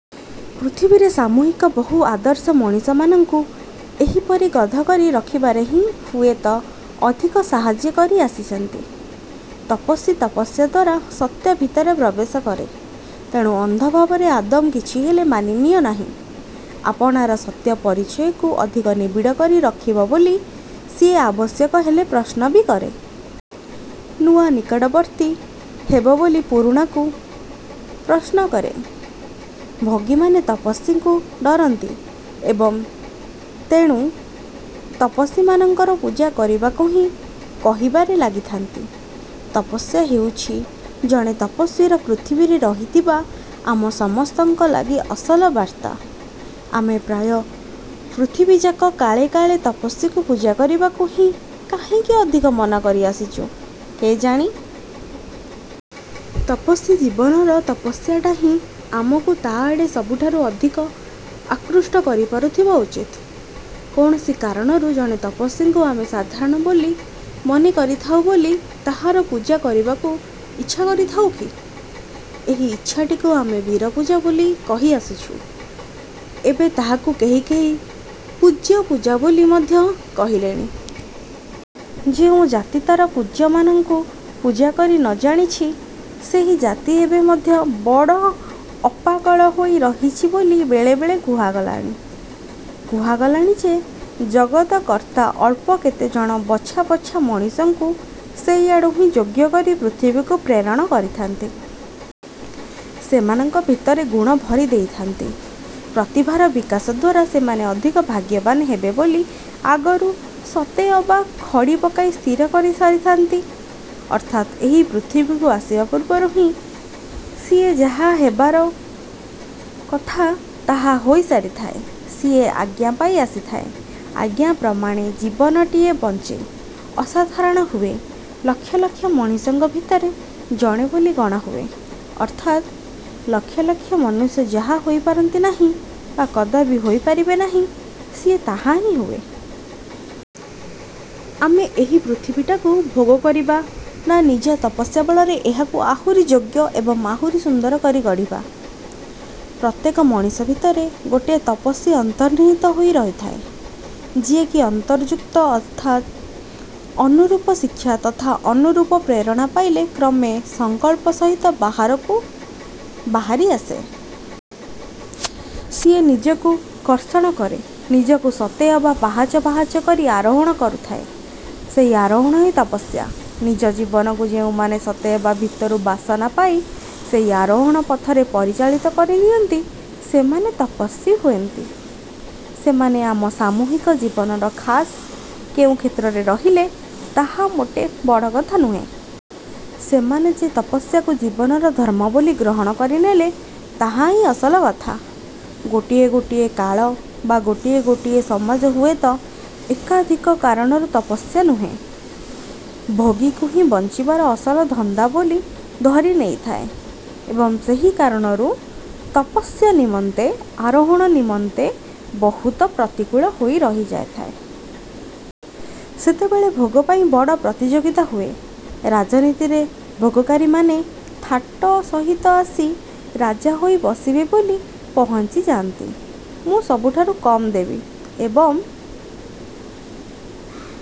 ପୃଥିବୀରେ ସାମୂହିକ ବହୁ ଆଦର୍ଶ ମଣିଷମାନଙ୍କୁ ଏହିପରି ଗଧ କରି ରଖିବାରେ ହିଁ ହୁଏତ ଅଧିକ ସାହାଯ୍ୟ କରି ଆସିଛନ୍ତି। ତପସ୍ୱୀ ତପସ୍ୟା ଦ୍ୱାରା ସତ୍ୟ ଭିତରେ ପ୍ରବେଶ କରେ। ତେଣୁ ଅନ୍ଧ ଭାବରେ ଆଦୌ କିଛିହେଲେ ମାନି ନିଏ ନାହିଁ। ଆପଣାର ସତ୍ୟ ପରିଚୟକୁ ଅଧିକ ନିବିଡ଼ କରି ରଖିବ ବୋଲି ସିଏ ଆବଶ୍ୟକ ହେଲେ ପ୍ରଶ୍ନ ବି କରେ। ନୂଆ ନିକଟବର୍ତ୍ତୀ ହେବ ବୋଲି ପୁରୁଣାକୁ ପ୍ରଶ୍ନ କରେ। ଭୋଗୀମାନେ ତପସ୍ୱୀକୁ ଡ଼ରନ୍ତି ଏବଂ ତେଣୁ ତପସ୍ୱୀମାନଙ୍କର ପୂଜା କରିବାକୁ ହିଁ କହିବାରେ ଲାଗିଥାନ୍ତି। ତପସ୍ୟା ହେଉଛି ଜଣେ ତପସ୍ୱୀର ପୃଥିବୀରେ ରହିଥିବା ଆମ ସମସ୍ତଙ୍କ ଲାଗି ଅସଲ ବାର୍ତ୍ତା। ମାତ୍ର ଆମେ ପ୍ରାୟ ପୃଥିବୀଯାକ କାଳେ କାଳେ ତପସ୍ୱୀକୁ ପୂଜା କରିବାକୁ ହିଁ କାହିଁକି ଅଧିକ ମନ କରିଆସିଛୁ କେଜାଣି? ତପସ୍ୱୀ ଜୀବନର ତପସ୍ୟାଟି ହିଁ ଆମକୁ ତା ଆଡ଼େ ସବୁଠାରୁ ଅଧିକ ଆକୃଷ୍ଟ କରି ପାରୁଥିବା ଉଚିତ। କୌଣସି କାରଣରୁ ଜଣେ ତପସ୍ୱୀକୁ ଆମେ ଅସାଧାରଣ ବୋଲି ମନେ କରିଥାଉ ବୋଲି ତାହାର ପୂଜା କରିବାକୁ ଇଚ୍ଛା କରିଥାଉ କି? ଏହି ଇଚ୍ଛାଟିକୁ ଆମେ ବୀରପୂଜା ବୋଲି କହି ଆସିଛୁ, ଏବେ ତାହାକୁ କେହି କେହି ପୂଜ୍ୟପୂଜା ବୋଲି ମଧ୍ୟ କହିଲେଣି। ଯେଉଁ ଜାତି ତାର ପୂଜ୍ୟମାନଙ୍କୁ ପୂଜା କରି ନଜାଣିଛି, ସେହି ଜାତି ଏବେ ମଧ୍ୟ ବଡ଼ ଅପାକଳ ହୋଇ ରହିଛି ବୋଲି ବେଳେବେଳେ କୁହାଗଲାଣି। କୁହାଗଲାଣି ଯେ ଜଗତକର୍ତ୍ତା ଅଳ୍ପ କେତେଜଣ ବଛା ବଛା ମଣିଷଙ୍କୁ ସେଇଆଡୁ ହିଁ ଯୋଗ୍ୟ କରି ପୃଥିବୀକୁ ପ୍ରେରଣ କରିଥାଆନ୍ତି । ସେମାନଙ୍କ ଭିତରେ ଗୁଣ ଭରି ଦେଇଥାଆନ୍ତି, ପ୍ରତିଭାର ବିକାଶ ଦ୍ଵାରା ସେମାନେ ଅଧିକ ଭାଗ୍ୟବାନ ହେବେ ବୋଲି ଆଗରୁ ସତେଅବା ଖଡ଼ି ପକାଇ ସ୍ଥିର କରି ସାରିଥାନ୍ତି। ଅର୍ଥାତ୍ ଏହି ପୃଥିବୀକୁ ଆସିବା ପୂର୍ବରୁ ହିଁ ସିଏ ଯାହା ହେବାର କଥା, ତାହା ହୋଇସାରିଥାଏ। ସିଏ ଆଜ୍ଞା ପାଇ ଆସିଥାଏ, ଆଜ୍ଞା ପ୍ରମାଣେ ଜୀବନଟିଏ ବଞ୍ଚେ, ଅସାଧାରଣ ହୁଏ, ଲକ୍ଷ ଲକ୍ଷ ମଣିଷଙ୍କ ଭିତରେ ଜଣେ ବୋଲି ଗଣାହୁଏ ଅର୍ଥାତ୍ ଲକ୍ଷ ଲକ୍ଷ ମନୁଷ୍ୟ ଯାହା ହୋଇପାରନ୍ତି ନାହିଁ ବା କଦାପି ହୋଇପାରିବେ ନାହିଁ, ସିଏ ତାହା ହିଁ ହୁଏ। ଆମେ ଏହି ପୃଥିବୀଟାକୁ ଭୋଗ କରିବା ନା ନିଜର ତପସ୍ୟା ବଳରେ ଏହାକୁ ଆହୁରି ଯୋଗ୍ୟ ଏବଂ ଆହୁରି ସୁନ୍ଦର କରି ଗଢ଼ିବା? ପ୍ରତ୍ୟେକ ମଣିଷ ଭିତରେ ଗୋଟିଏ ତପସ୍ଵୀ ଅନ୍ତର୍ନିହିତ ହୋଇ ରହିଥାଏ, ଯିଏକି ଉପଯୁକ୍ତ ଅର୍ଥାତ୍ ଅନୁରୂପ ଶିକ୍ଷା ତଥା ଅନୁରୂପ ପ୍ରେରଣା ପାଇଲେ କ୍ରମେ ସଂକଳ୍ପ ସହିତ ବାହାରକୁ ବାହାରି ଆସେ। ସିଏ ନିଜକୁ କର୍ଷଣ କରେ। ନିଜକୁ ସତେ ଅବା ପାହାଚ ପାହାଚ କରି ଆରୋହଣ କରୁଥାଏ। ସେହି ଆରୋହଣ ହିଁ ତପସ୍ୟା। ନିଜର ଜୀବନକୁ ଯେଉଁମାନେ ସତେ ଅବା ଭିତରୁ ବାସନା ପାଇ ସେହି ଆରୋହଣ ପଥରେ ପରିଚାଳିତ କରିନିଅନ୍ତି, ସେମାନେ ତପସ୍ୱୀ ହୁଅନ୍ତି। ସେମାନେ ଆମ ସାମୂହିକ ଜୀବନର ଖାସ୍ କେଉଁ କ୍ଷେତ୍ରରେ ରହିଲେ ତାହା ମୋଟେ ବଡ଼ କଥା ନୁହେଁ। ସେମାନେ ଯେ ତପସ୍ୟାକୁ ଜୀବନର ଧର୍ମ ବୋଲି ଗ୍ରହଣ କରିନେଲେ ତାହା ହିଁ ଅସଲ କଥା। ଗୋଟିଏ ଗୋଟିଏ କାଳ ବା ଗୋଟିଏ ଗୋଟିଏ ସମାଜ ହୁଏତ ଏକାଧିକ କାରଣରୁ ତପସ୍ୟା ନୁହେଁ, ଭୋଗକୁ ହିଁ ବଞ୍ଚିବାର ଅସଲ ଧନ୍ଦା ବୋଲି ଧରି ନେଇଥାଏ ଏବଂ ସେହି କାରଣରୁ ତପସ୍ୟ ନିମନ୍ତେ ଆରୋହଣ ନିମନ୍ତେ ବହୁତ ପ୍ରତିକୂଳ ହୋଇ ରହିଥାଏ। ସେତେବେଳେ ଭୋଗ ପାଇଁ ବଡ଼ ପ୍ରତିଯୋଗିତା ହୁଏ। ରାଜନୀତିରେ ଭୋଗକାରୀମାନେ ଥାଟ ସହିତ ଆସି ରାଜା ହୋଇ ବସିବେ ବୋଲି ପହଞ୍ଚି ଯାଆନ୍ତି। ମୁଁ ସବୁଠାରୁ କମ୍ ଦେବି ଏବଂ